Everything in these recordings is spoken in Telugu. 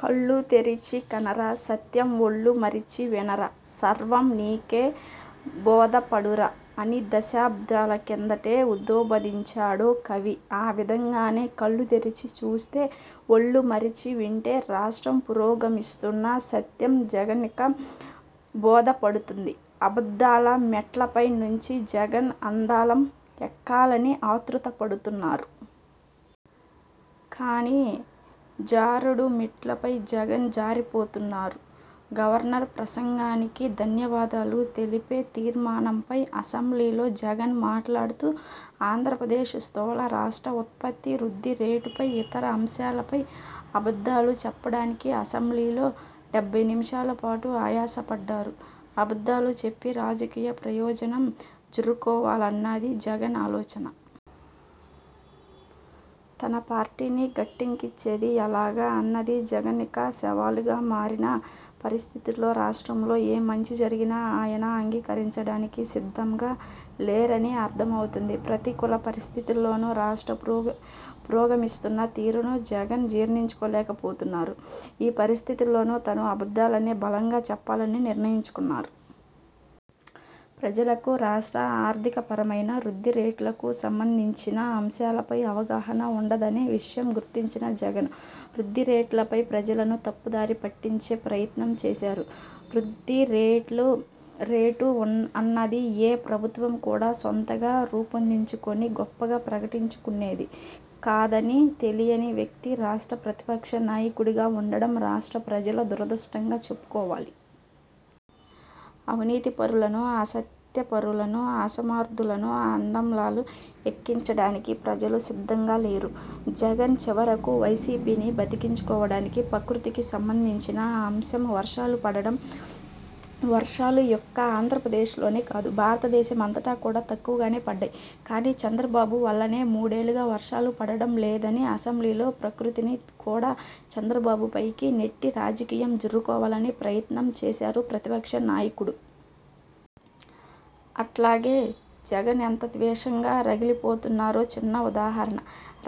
కళ్ళు తెరచి కనరా సత్యం, ఒళ్లు మరిచి వినరా సర్వం నీకే బోధపడురా అని దశాబ్దాల కిందటే ఉద్బోధించాడో కవి. ఆ విధంగానే కళ్ళు తెరిచి చూస్తే, ఒళ్లు మరిచి వింటే రాష్ట్రం పురోగమిస్తున్న సత్యం జగన్కి బోధపడుతుంది. అబద్ధాల మెట్లపై నుంచి జగన్ అందలం ఎక్కాలని ఆతృతపడుతున్నారు. కానీ జారుడు మెట్లపై జగన్ జారిపోతున్నారు. గవర్నర్ ప్రసంగానికి ధన్యవాదాలు తెలిపే తీర్మానంపై అసెంబ్లీలో జగన్ మాట్లాడుతూ ఆంధ్రప్రదేశ్ స్థూల రాష్ట్ర ఉత్పత్తి వృద్ధిరేటుపై, ఇతర అంశాలపై అబద్ధాలు చెప్పడానికి అసెంబ్లీలో డెబ్బై నిమిషాల పాటు ఆయాసపడ్డారు. అబద్ధాలు చెప్పి రాజకీయ ప్రయోజనం జుర్రుకోవాలన్నది జగన్ ఆలోచన. తన పార్టీని గట్టెక్కించేది ఎలాగా అన్నది జగన్కి సవాలుగా మారిన పరిస్థితుల్లో రాష్ట్రంలో ఏ మంచి జరిగినా ఆయన అంగీకరించడానికి సిద్ధంగా లేరని అర్థం అవుతుంది. ప్రతికూల పరిస్థితుల్లోనూ రాష్ట్రం పురోగమిస్తున్న తీరును జగన్ జీర్ణించుకోలేకపోతున్నారు. ఈ పరిస్థితుల్లో తాను అబద్ధాలనే బలంగా చెప్పాలని నిర్ణయించుకున్నారు. ప్రజలకు రాష్ట్ర ఆర్థికపరమైన, వృద్ధి రేట్లకు సంబంధించిన అంశాలపై అవగాహన వుండదనే విషయం గుర్తించిన జగన్, వృద్ధిరేట్లపై ప్రజలను తప్పుదారి పట్టించే ప్రయత్నం చేశారు. వృద్ధిరేటు అన్నది ఏ ప్రభుత్వం కూడా సొంతంగా రూపొందించుకొని గొప్పగా ప్రకటించుకునేది కాదని తెలియని వ్యక్తి రాష్ట్ర ప్రతిపక్ష నాయకుడిగా వుండటం రాష్ట్ర ప్రజల దురదృష్టంగా చెప్పుకోవాలి. అవినీతిపరులను, అత్యాసపరులను, అసమర్థులను అందలాలు ఎక్కించడానికి ప్రజలు సిద్ధంగా లేరు. జగన్ చివరకు వైసీపీని బతికించుకోడానికి ప్రకృతికి సంబంధించిన అంశం వర్షాలు పడటం. వర్షాలు ఒక్క ఆంధ్రప్రదేశ్లోనే కాదు భారతదేశమంతా కూడా తక్కువగానే పడ్డాయి. కానీ చంద్రబాబు వల్లనే మూడేళ్లుగా వర్షాలు పడటం లేదని అసెంబ్లీలో ప్రకృతిని కూడా చంద్రబాబుపైకి నెట్టి రాజకీయం జుర్రుకోవాలని ప్రయత్నం చేశారు ప్రతిపక్ష నాయకుడు. అట్లాగే జగన్ ఎంత ద్వేషంగా రగిలిపోతున్నారో చిన్న ఉదాహరణ.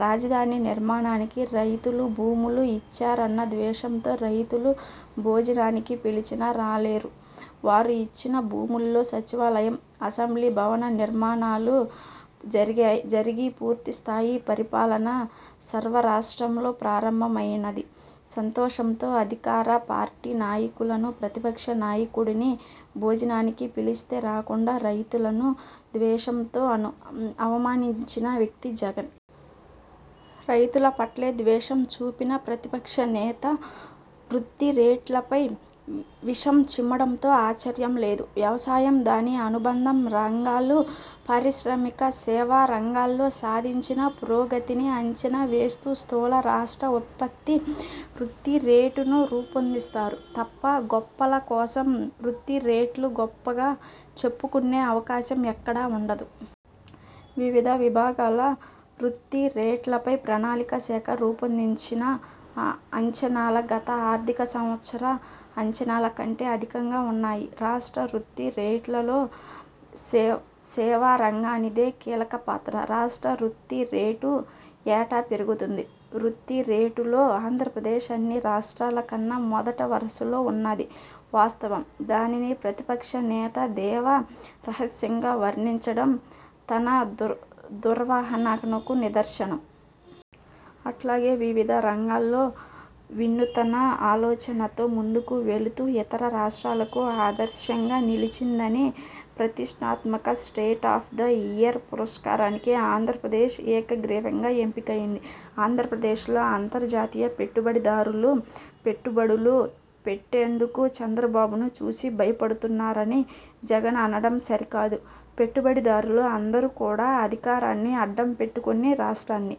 రాజధాని నిర్మాణానికి రైతులు భూములు ఇచ్చారన్న ద్వేషంతో రైతులు భోజనానికి పిలిచినా రాలేరు. వారు ఇచ్చిన భూముల్లో సచివాలయం, అసెంబ్లీ భవన నిర్మాణాలు జరిగి పూర్తిస్థాయి పరిపాలన స్వరాష్ట్రంలో ప్రారంభమైందన్న సంతోషంతో అధికార పార్టీ నాయకులను, ప్రతిపక్ష నాయకుడిని భోజనానికి పిలిస్తే రాకుండా రైతులను ద్వేషంతో అవమానించిన వ్యక్తి జగన్. రైతుల పట్లే ద్వేషం చూపిన ప్రతిపక్షనేత వృద్ధిరేట్లపై విషం చిమ్మడంలో ఆశ్చర్యం లేదు. వ్యవసాయం దాని అనుబంధ రంగాలు, పారిశ్రామిక, సేవా రంగాల్లో సాధించిన పురోగతిని అంచనా వేస్తూ స్థూల రాష్ట్ర ఉత్పత్తి వృద్ధిరేటును రూపొందిస్తారు తప్ప గొప్పల కోసం వృద్ధిరేట్లు గొప్పగా చెప్పుకునే అవకాశం ఎక్కడా వుండదు. వివిధ విభాగాల వృద్ధిరేటుపై ప్రణాళిక శాఖ రూపొందించిన అంచనాలు గత ఆర్థిక సంవత్సర అంచనాల కంటే అధికంగా వున్నాయి. రాష్ట్ర వృద్ధిరేటులో సేవారంగానిదే కీలకపాత్ర. రాష్ట్ర వృద్ధిరేటు ఏటా పెరుగుతోంది. వృద్ధిరేటులో ఆంధ్రప్రదేశ్ అన్నిరాష్ట్రాల కన్నా మొదటి వరుసలో వున్నది వాస్తవం. దానిని ప్రతిపక్ష నేత దేవ రహస్యంగా వర్ణించడం తన దురవగాహనకు నిదర్శనం. అట్లాగే వివిధ రంగాలలో వినూత్న ఆలోచనలతో ముందుకు వెళుతూ ఇతర రాష్ట్రాలకు ఆదర్శంగా నిలిచిందని ప్రతిష్టాత్మక state of the year పురస్కారానికి Andhra Pradesh ఏకగ్రీవంగా ఎంపికైంది. ఆంధ్రప్రదేశ్లో అంతర్జాతీయ పెట్టుబడిదారులు పెట్టుబడులు పెట్టేందుకు చంద్రబాబును చూసి భయపడుతున్నారని జగన్ అనటం సరికాదు. పెట్టుబడిదారులు అందరూ కూడా అధికారాన్ని అడ్డం పెట్టుకొని రాష్ట్రాన్ని